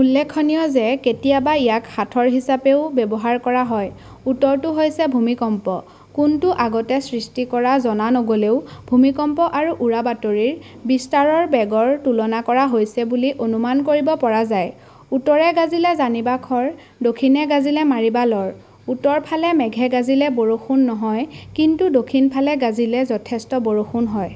উল্লেখনীয় যে, কেতিয়াবা ইয়াক সাঁথৰ হিচাপেও ব্যৱহাৰ কৰা হয়। উত্তৰটো হৈছে "ভূমিকম্প। " কোনটো আগতে সৃষ্টি কৰা জনা নগ'লেও ভূমিকম্প আৰু উৰাবাতৰিৰ বিস্তাৰৰ বেগৰ তুলনা কৰা হৈছে বুলি অনুমান কৰিব পৰা যায়। উত্তৰে গাজিলে জানিবা খৰ, দক্ষিণে গাজিলে মাৰিবা লৰ: উত্তৰ ফালে মেঘে গাজিলে বৰষুণ নহয়, কিন্তু দক্ষিণ ফালে গাজিলে যথেষ্ট বৰষুণ হয়।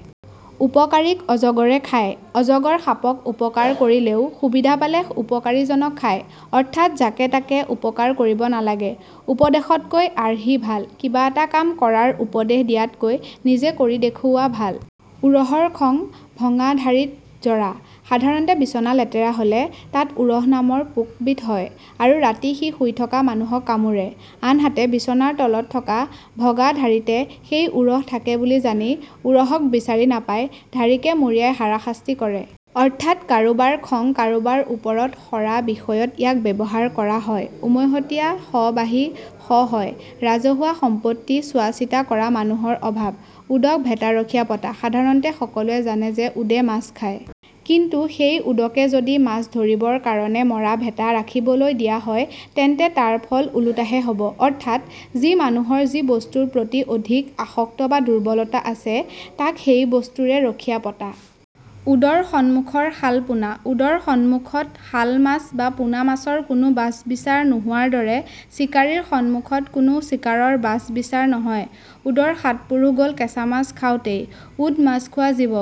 উপকাৰীক অজগৰে খায়: অজগৰ সাপক উপকাৰ কৰিলেও সুবিধা পালে উপকাৰি জনক খায়, অৰ্থাৎ যাকে তাকে উপকাৰ কৰিব নালাগে। উপদেশতকৈ আৰ্হি ভাল: কিবা এটা কাম কৰাৰ উপদেশ দিয়াতকৈ নিজে কৰি দেখুওৱা ভাল। উৰহৰ খং ভঙা ঢাৰীত জৰা: সাধাৰণতে বিছনা লেতেৰা হ'লে তাত উৰহ নামৰ পোক বিধ হয় আৰু ৰাতি সি শুই থকা মানুহক কামোৰে। আনহাতে বিছনাৰ তলত থকা ভগা ঢাৰীতে সেই উৰহ থাকে বুলি জানি উৰহক বিচাৰি নাপাই ঢাৰীকে মৰিয়াই হাৰাশাস্তি কৰে। অৰ্থাৎ কাৰোবাৰ খং কাৰোবাৰ ওপৰত সৰা বিষয়ত ইয়াক ব্যৱহাৰ কৰা হয়। উমৈহতীয়া শ বাহী শ হয়: ৰাজহুৱা সম্পত্তি চোৱা চিতা কৰা মানুহৰ অভাৱ। উদক ভেটা ৰখীয়া পতা: সাধাৰণতে সকলোৱে জানে যে উদে মাছ খায়। কিন্তু সেই উদকে যদি মাছ ধৰিবৰ কাৰণে মৰা ভেটা ৰাখিবলৈ দিয়া হয় তেন্তে তাৰ ফল ওলোটাহে হ'ব। অৰ্থাৎ যি মানুহৰ যি বস্তুৰ প্ৰতি অধিক আসক্ত বা দুৰ্বলতা আছে তাক সেই বস্তুৰে ৰখিয়া পতা। উদৰ সম্মুখৰ শালপোণা: উদৰ সম্মুখত শাল মাছ বা পোনা মাছৰ কোনো বাচ বিচাৰ নোহোৱাৰ দৰে চিকাৰীৰ সন্মুখত কোনো চিকাৰৰ বাচ বিচাৰ নহয়। উদৰ সাতপুৰুষ গ'ল কেঁচা মাছ খাওঁতেই: উদ মাছ খোৱা জীৱ,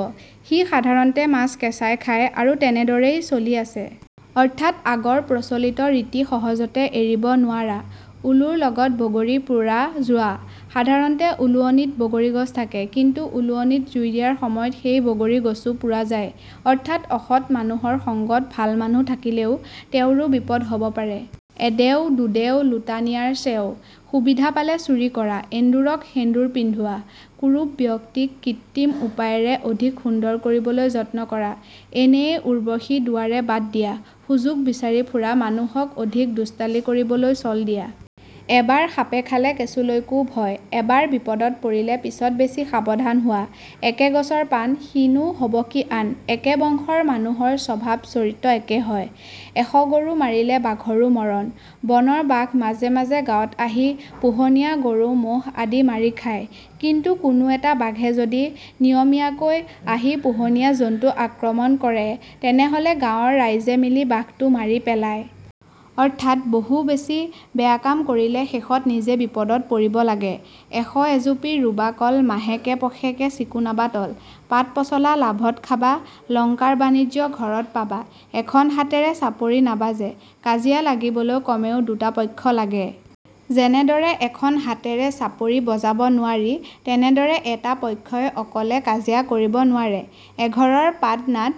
সি সাধাৰণতে মাছ কেঁচাই খাই আৰু তেনেদৰেই চলি আছে। অৰ্থাৎ আগৰ প্ৰচলিত ৰীতি সহজতে এৰিব নোৱাৰা। উলুৰ লগত বগৰী পোৰা যোৱা: সাধাৰণতে উলুৱনিত বগৰি গছ থাকে, কিন্তু উলুৱনিত জুই দিয়াৰ সময়ত সেই বগৰি গছো পোৰা যায়। অৰ্থাৎ অসৎ মানুহৰ সঙ্গত ভাল মানুহ থাকিলেও তেওঁৰো বিপদ হ'ব পাৰে। এদেও, দুদেও, লোটা নিয়াৰ চেওঁ: সুবিধা পালে চুৰি কৰা। এন্দুৰক সেন্দূৰ পিন্ধোৱা: কুৰূপ ব্যক্তিক কৃত্ৰিম উপায়েৰে অধিক সুন্দৰ কৰিবলৈ যত্ন কৰা। এনেয়ে উৰ্বশী দুৱাৰে বাট দিয়া: সুযোগ বিচাৰি ফুৰা মানুহক অধিক দুষ্টালি কৰিবলৈ চল দিয়া। এবাৰ সাপে খালে কেঁচুলৈকো ভয়: এবাৰ বিপদত পৰিলে পিছ্ত বেছি সাৱধান হোৱা। একে গছৰ পাণ, সি নো হ'ব কি আন: একে বংশৰ মানুহৰ স্বভাৱ-চৰিত্ৰ একে হয়। এশ গৰু মাৰিলে বাঘৰো মৰণ: বনৰ বাঘ মাজে মাজে গাঁৱত আহি পোহনীয়া গৰু মহ আদি মাৰি খায়, কিন্তু কোনো এটা বাঘে যদি নিয়মিয়াকৈ আহি পোহনীয়া জন্তু আক্ৰমণ কৰে তেনেহলে গাঁৱৰ ৰাইজে মিলি বাঘটো মাৰি পেলায়। অৰ্থাৎ বহু বেছি বেয়া কাম কৰিলে শেষত নিজে বিপদত পৰিব লাগে। এশ এজুপি ৰোবা কল মাহেকে পষেকে চিকুনাবা তল পাত-পচলা লাভত খাবা লংকাৰ বাণিজ্য ঘৰত পাবা এখন হাতেৰে চাপৰি নাবাজে: কাঁজিয়া লাগিবলৈ কমেও দুটা পক্ষ্য লাগে। যেনেদৰে এখন হাতেৰে চাপৰি বজাব নোৱাৰি তেনেদৰে এটা পক্ষ্যই অকলে কাঁজিয়া কৰিব নোৱাৰে। এঘৰৰ পাটনাদ,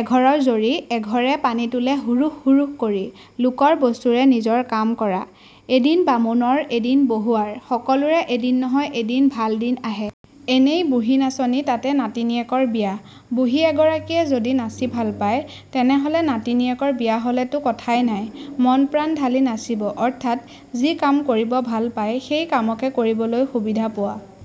এঘৰৰ জৰী, এঘৰে পানী তুলে হুৰূস হুৰূস কৰি: লোকৰ বস্তুৰে নিজৰ কাম কৰা। এদিন বামুণৰ, এদিন বহুৱাৰ: সকলোৰে এদিন নহয় এদিন ভাল দিন আহে। এনেই বুঢ়ী নাচনী, তাতে নাতিনীয়েকৰ বিয়া: বুঢ়ী এগৰাকীয়ে যদি নাচি ভাল পায়, তেনেহলে নাতিনিয়েকৰ বিয়া হ ' লেতো কথাই নাই, মন প্ৰাণ ঢালি নাচিব॥ অৰ্থাৎ যি কাম কৰিব ভাল পায়, সেই কামকে কৰিবলৈ সুবিধা পোৱা।